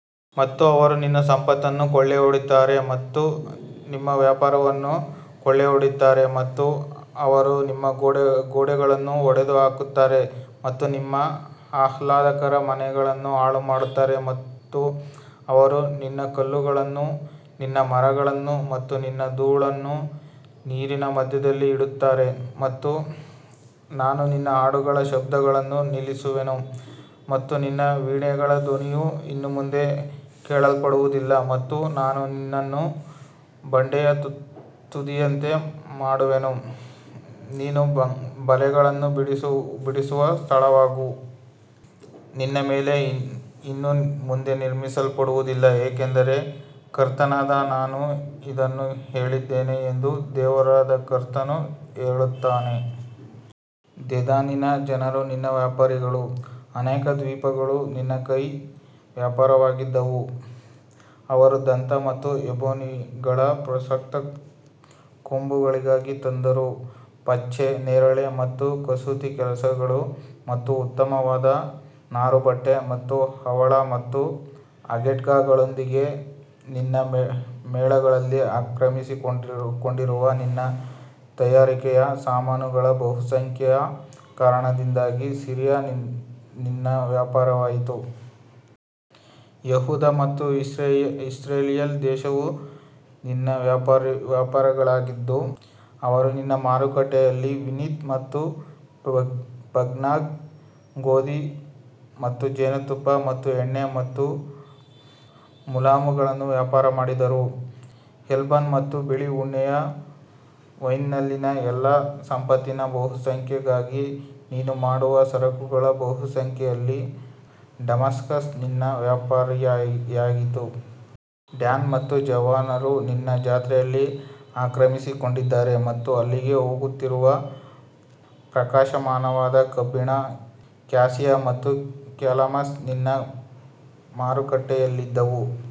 ಮತ್ತು ಅವರು ನಿನ್ನ ಸಂಪತ್ತನ್ನು ಕೊಳ್ಳೆಹೊಡೆಯುತ್ತಾರೆ ಮತ್ತು ನಿಮ್ಮ ವ್ಯಾಪಾರವನ್ನು ಕೊಳ್ಳೆಹೊಡೆಯುತ್ತಾರೆ ಮತ್ತು ಅವರು ನಿಮ್ಮ ಗೋಡೆಗಳನ್ನು ಒಡೆದುಹಾಕುತ್ತಾರೆ ಮತ್ತು ನಿಮ್ಮ ಆಹ್ಲಾದಕರ ಮನೆಗಳನ್ನು ಹಾಳುಮಾಡುತ್ತಾರೆ ಮತ್ತು ಅವರು ನಿನ್ನ ಕಲ್ಲುಗಳನ್ನು, ನಿನ್ನ ಮರಗಳನ್ನು ಮತ್ತು ನಿನ್ನ ಧೂಳನ್ನು ನೀರಿನ ಮಧ್ಯದಲ್ಲಿ ಇಡುತ್ತಾರೆ. ಮತ್ತು ನಾನು ನಿನ್ನ ಹಾಡುಗಳ ಶಬ್ದವನ್ನು ನಿಲ್ಲಿಸುವೆನು ಮತ್ತು ನಿನ್ನ ವೀಣೆಗಳ ಧ್ವನಿಯು ಇನ್ನು ಮುಂದೆ ಕೇಳಲ್ಪಡುವುದಿಲ್ಲ ಮತ್ತು ನಾನು ನಿನ್ನನ್ನು ಬಂಡೆಯ ತುದಿಯಂತೆ ಮಾಡುವೆನು, ನೀನು ಬಲೆಗಳನ್ನು ಬೀಸುವ ಸ್ಥಳವಾಗು, ನಿನ್ನ ಮೇಲೆ ಇನ್ನು ಮುಂದೆ ನಿರ್ಮಿಸಲ್ಪಡುವುದಿಲ್ಲ, ಏಕೆಂದರೆ ಕರ್ತನಾದ ನಾನು ಇದನ್ನು ಹೇಳಿದ್ದೇನೆ ಎಂದು ದೇವರಾದ ಕರ್ತನು ಹೇಳುತ್ತಾನೆ. ದೇದಾನಿನ ಜನರು ನಿನ್ನ ವ್ಯಾಪಾರಿಗಳು, ಅನೇಕ ದ್ವೀಪಗಳು ನಿನ್ನ ಕೈಯ ವ್ಯಾಪಾರವಾಗಿದ್ದವು, ಅವರು ದಂತ ಮತ್ತು ಎಬೊನಿಗಳ ಪ್ರಸ್ತುತ ಕೊಂಬುಗಳಿಗಾಗಿ ತಂದರು. ಪಚ್ಚೆ, ನೇರಳೆ ಮತ್ತು ಕಸೂತಿ ಕೆಲಸಗಳು ಮತ್ತು ಉತ್ತಮವಾದ ನಾರುಬಟ್ಟೆ ಮತ್ತು ಹವಳ ಮತ್ತು ಅಗೇಟ್ಗಳೊಂದಿಗೆ ನಿನ್ನ ಮೇಳಗಳಲ್ಲಿ ಆಕ್ರಮಿಸಿಕೊಂಡಿರುವ ನಿನ್ನ ತಯಾರಿಕೆಯ ಸಾಮಾನುಗಳ ಬಹುಸಂಖ್ಯೆಯ ಕಾರಣದಿಂದಾಗಿ ಸಿರಿಯಾ ನಿನ್ನ ವ್ಯಾಪಾರವಾಯಿತ್ತು. ಯೆಹೂದ ಮತ್ತು ಇಸ್ರಾಯೇಲ್ ದೇಶವು ನಿನ್ನ ವ್ಯಾಪಾರಿಗಳಾಗಿದ್ದು, ಅವರು ನಿನ್ನ ಮಾರುಕಟ್ಟೆಯಲ್ಲಿ ಮಿನ್ನಿತ್ ಮತ್ತು ಪನ್ನಾಗ್ ಗೋಧಿ ಮತ್ತು ಜೇನುತುಪ್ಪ ಮತ್ತು ಎಣ್ಣೆ ಮತ್ತು ಮುಲಾಮುಗಳನ್ನು ವ್ಯಾಪಾರ ಮಾಡಿದರು. ಹೆಲ್ಬನ್ ಮತ್ತು ಬಿಳಿ ಉಣ್ಣೆಯ ವೈನ್ನಲ್ಲಿನ ಎಲ್ಲಾ ಸಂಪತ್ತಿನ ಬಹುಸಂಖ್ಯೆಗಾಗಿ ನೀನು ಮಾಡುವ ಸರಕುಗಳ ಬಹುಸಂಖ್ಯೆಯಲ್ಲಿ ಡಮಾಸ್ಕಸ್ ನಿನ್ನ ವ್ಯಾಪಾರಿಯಾಯಿತ್ತು. ಡ್ಯಾನ್ ಮತ್ತು ಜವಾನರು ನಿನ್ನ ಜಾತ್ರೆಗಳಲ್ಲಿ ಆಕ್ರಮಿಸಿಕೊಂಡಿದ್ದಾರೆ ಮತ್ತು ಅಲ್ಲಿಗೆ ಹೋಗುತ್ತಿರುವ ಪ್ರಕಾಶಮಾನವಾದ ಕಬ್ಬಿಣ, ಕ್ಯಾಸಿಯಾ ಮತ್ತು ಕ್ಯಾಲಮಸ್ ನಿನ್ನ ಮಾರುಕಟ್ಟೆಯಲ್ಲಿದ್ದವು.